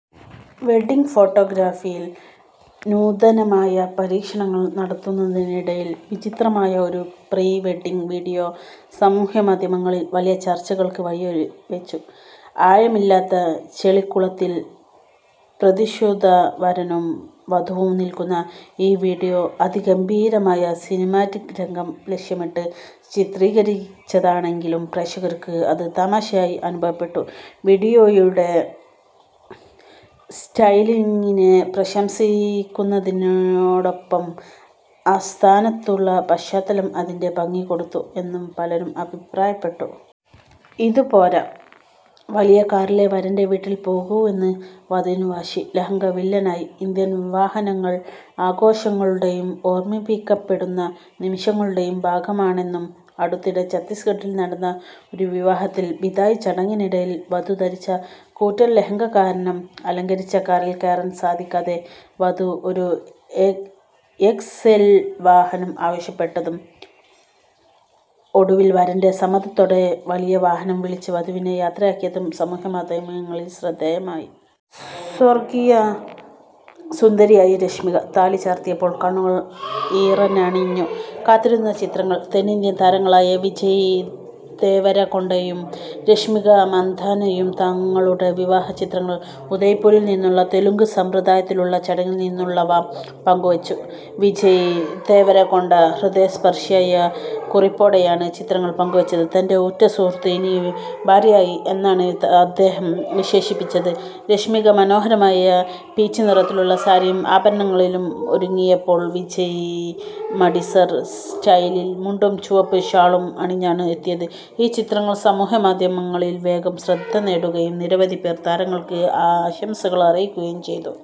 Wedding ഫോട്ടോഗ്രാഫിയിൽ നൂതനമായ പരീക്ഷണങ്ങൾ നടത്തുന്നതിനിടയിൽ വിചിത്രമായ ഒരു പ്രീ-വെഡ്ഡിങ് വീഡിയോ സമൂഹമാധ്യമങ്ങളിൽ വലിയ ചർച്ചകൾക്ക് വഴിവെച്ചു. ആഴമില്ലാത്ത ചെളിക്കുളത്തിൽ പ്രതിശ്രുത വരനും വധുവും നിൽക്കുന്ന ഈ വീഡിയോ, അതിഗംഭീരമായ സിനിമാറ്റിക് രംഗം ലക്ഷ്യമിട്ട് ചിത്രീകരിച്ചതാണെങ്കിലും, പ്രേക്ഷകർക്ക് അത് തമാശയായി അനുഭവപ്പെട്ടു. വീഡിയോയുടെ സ്റ്റൈലിംഗിനെ പ്രശംസിക്കുന്നതിനോടൊപ്പം, അസ്ഥാനത്തുള്ള പശ്ചാത്തലം അതിൻ്റെ ഭംഗി കെടുത്തുന്നു എന്നും പലരും അഭിപ്രായപ്പെട്ടു. ഇത് പോര, വലിയ കാറിലേ വരന്റെ വീട്ടിൽ പോകൂവെന്ന് വധുവിന് വാശി; ലഹങ്ക വില്ലനായി! ഇന്ത്യൻ വിവാഹങ്ങൾ ആഘോഷങ്ങളുടെയും ഓർമ്മിക്കപ്പെടുന്ന നിമിഷങ്ങളുടെയും ഭാഗമാണെന്നും, അടുത്തിടെ ഛത്തീസ്ഗഢിൽ നടന്ന ഒരു വിവാഹത്തിൽ ബിദായി ചടങ്ങിനിടയിൽ വധു ധരിച്ച കൂറ്റൻ ലെഹങ്ക കാരണം അലങ്കരിച്ച കാറിൽ കയറാൻ സാധിക്കാതെ വധു ഒരു എക്സ്എൽ വാഹനം ആവശ്യപ്പെട്ടതും, ഒടുവിൽ വരന്റെ സമ്മതത്തോടെ വലിയ വാഹനം വിളിച്ച് വധുവിനെ യാത്രയാക്കിയതും സാമൂഹ്യ മാധ്യമങ്ങളിൽ ശ്രദ്ധേയമായി. സ്വർഗീയ സുന്ദരിയായി രശ്മിക; താലി ചാർത്തിയപ്പോൾ കണ്ണുകൾ ഈറനണിഞ്ഞു; കാത്തിരുന്ന ചിത്രങ്ങൾ! തെന്നിന്ത്യൻ താരങ്ങളായ വിജയ് ദേവരകൊണ്ടയും രശ്മിക മന്ദാനയും തങ്ങളുടെ വിവാഹ ചിത്രങ്ങൾ ഉദയ്പൂരിൽ നിന്നുള്ള തെലുങ്ക് സമ്പ്രദായത്തിലുള്ള ചടങ്ങിൽ നിന്നുള്ളവ പങ്കുവെച്ചു, വിജയ് ദേവരകൊണ്ട ഹൃദയസ്പർശിയായ കുറിപ്പോടെയാണ് ചിത്രങ്ങൾ പങ്കുവെച്ചത്, തൻ്റെ ഉറ്റ സുഹൃത്ത് ഇനി ഭാര്യയായി എന്നാണ് അദ്ദേഹം വിശേഷിപ്പിച്ചത്, രശ്മിക മനോഹരമായ പീച്ച് നിറത്തിലുള്ള സാരിയിലും ആഭരണങ്ങളിലും ഒരുങ്ങിയപ്പോൾ, വിജയ് മടിസർ സ്റ്റൈലിൽ മുണ്ടും ചുവപ്പ് ഷാളും അണിഞ്ഞാണ് എത്തിയത്, ഈ ചിത്രങ്ങൾ സമൂഹമാധ്യമങ്ങളിൽ വേഗം ശ്രദ്ധനേടുകയും നിരവധി പേർ താരങ്ങൾക്ക് ആശംസകളറിയിക്കുകയും ചെയ്തു.